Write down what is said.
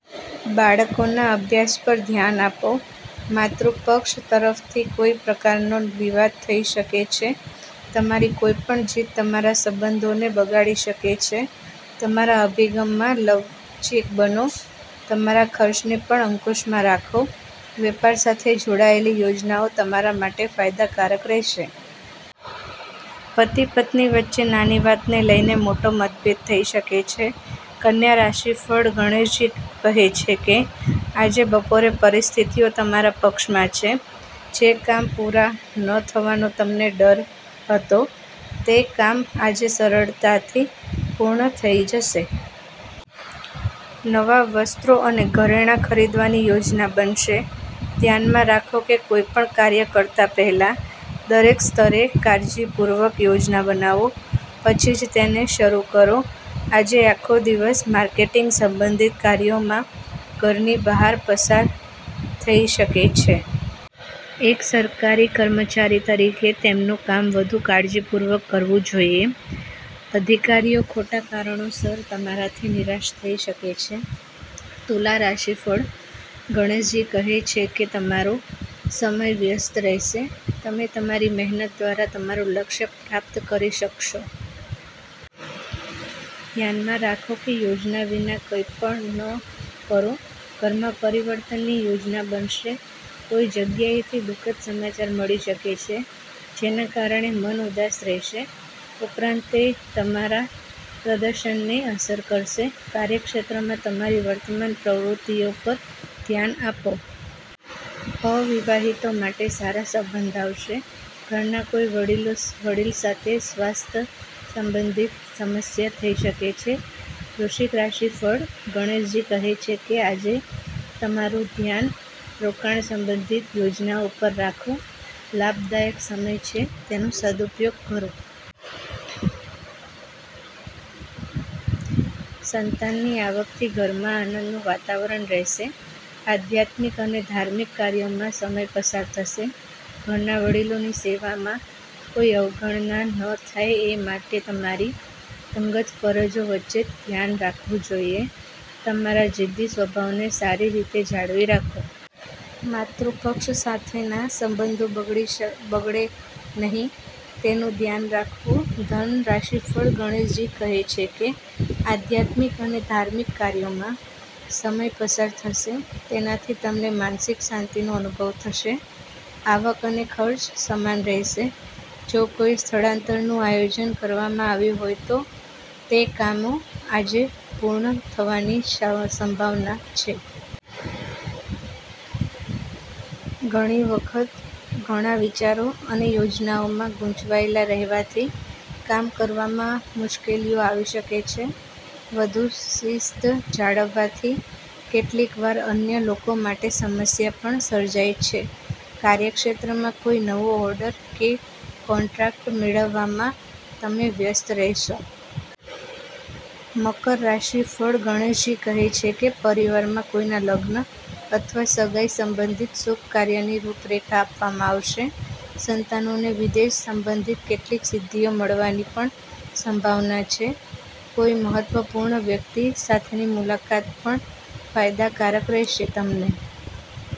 બાળકોના અભ્યાસ પર ધ્યાન આપો. માતૃ પક્ષ તરફથી કોઈ પ્રકારનો વિવાદ થઈ શકે છે. તમારી કોઈપણ જીદ તમારા સંબંધોને બગાડી શકે છે. તમારા અભિગમમાં લવચીક બનો. તમારા ખર્ચને પણ અંકુશમાં રાખો. વેપાર સાથે જોડાયેલી યોજનાઓ તમારા માટે ફાયદાકારક રહેશે. પતિ-પત્ની વચ્ચે નાની વાતને લઈને મોટો મતભેદ થઈ શકે છે. કન્યા રાશિફળ ગણેશજી કહે છે કે આજે બપોરે પરિસ્થિતિઓ તમારા પક્ષમાં છે. જે કામ પૂરા ન થવાનો તમને ડર હતો, તે કામ આજે સરળતાથી પૂર્ણ થઈ જશે. નવા વસ્ત્રો અને ઘરેણાં ખરીદવાની યોજના બનશે. ધ્યાનમાં રાખો કે, કોઈપણ કાર્ય કરતા પહેલા, દરેક સ્તરે કાળજીપૂર્વક યોજના બનાવો, પછી જ તેને શરૂ કરો. આજે આખો દિવસ માર્કેટિંગ સંબંધિત કાર્યોમાં ઘરની બહાર પસાર થઈ શકે છે. એક સરકારી કર્મચારી તરીકે તેમનું કામ વધુ કાળજીપૂર્વક કરવું જોઈએ, અધિકારીઓ ખોટા કારણોસર તમારાથી નિરાશ થઈ શકે છે. તુલા રાશિફળ ગણેશજી કહે છે કે તમારો સમય વ્યસ્ત રહેશે. તમે તમારી મહેનત દ્વારા તમારું લક્ષ્ય પ્રાપ્ત કરી શકશો. ધ્યાનમાં રાખો કે, યોજના વિના કંઈ પણ ન કરો. ઘરમાં પરિવર્તનની યોજના બનશે. કોઈ જગ્યાએથી દુઃખદ સમાચાર મળી શકે છે જેના કારણે મન ઉદાસ રહેશે. ઉપરાંત, તે તમારા પ્રદર્શનને અસર કરશે. કાર્યક્ષેત્રમાં તમારી વર્તમાન પ્રવૃત્તિઓ પર ધ્યાન આપો. અવિવાહિતો માટે સારા સંબંધ આવશે. ઘરના કોઈ વડીલ સાથે સ્વાસ્થ્ય સંબંધિત સમસ્યા થઈ શકે છે. વૃશ્ચિક રાશિફળ ગણેશજી કહે છે કે આજે તમારું ધ્યાન રોકાણ સંબંધિત યોજનાઓ પર રાખો. લાભદાયક સમય છે, તેનો સદુપયોગ કરો. સંતાનની આવકથી ઘરમાં આનંદનું વાતાવરણ રહેશે. આધ્યાત્મિક અને ધાર્મિક કાર્યોમાં સમય પસાર થશે. ઘરના વડીલોની સેવામાં કોઈ અવગણના ન થાય એ માટે તમારી અંગત ફરજો વચ્ચે ધ્યાન રાખવું જોઈએ. તમારા જિદ્દી સ્વભાવને સારી રીતે જાળવી રાખો. માતૃપક્ષ સાથેના સંબંધો બગડે નહીં તેનું ધ્યાન રાખવું. ધન રાશિફળ ગણેશજી કહે છે કે આધ્યાત્મિક અને ધાર્મિક કાર્યોમાં સમય પસાર થશે. તેનાથી તમને માનસિક શાંતિનો અનુભવ થશે. આવક અને ખર્ચ સમાન રહેશે. જો કોઈ સ્થળાંતરનું આયોજન કરવામાં આવ્યું હોય તો તે કામો આજે પૂર્ણ થવાની સંભાવના છે. ઘણી વખત ઘણા વિચારો અને યોજનાઓમાં ગૂંચવાયેલા રહેવાથી કામ કરવામાં મુશ્કેલીઓ આવી શકે છે. વધુ શિસ્ત જાળવવાથી કેટલીકવાર અન્ય લોકો માટે સમસ્યા પણ સર્જાય છે. કાર્યક્ષેત્રમાં કોઈ નવો ઓર્ડર કે કોન્ટ્રાક્ટ મેળવવામાં તમે વ્યસ્ત રહેશો. મકર રાશિફળ ગણેશજી કહે છે કે પરિવારમાં કોઈના લગ્ન અથવા સગાઈ સંબંધિત શુભ કાર્યની રૂપરેખા આપવામાં આવશે. સંતાનોને વિદેશ સંબંધિત કેટલીક સિદ્ધિઓ મળવાની પણ સંભાવના છે. કોઈ મહત્વપૂર્ણ વ્યક્તિ સાથેની મુલાકાત પણ ફાયદાકારક રહેશે. તમને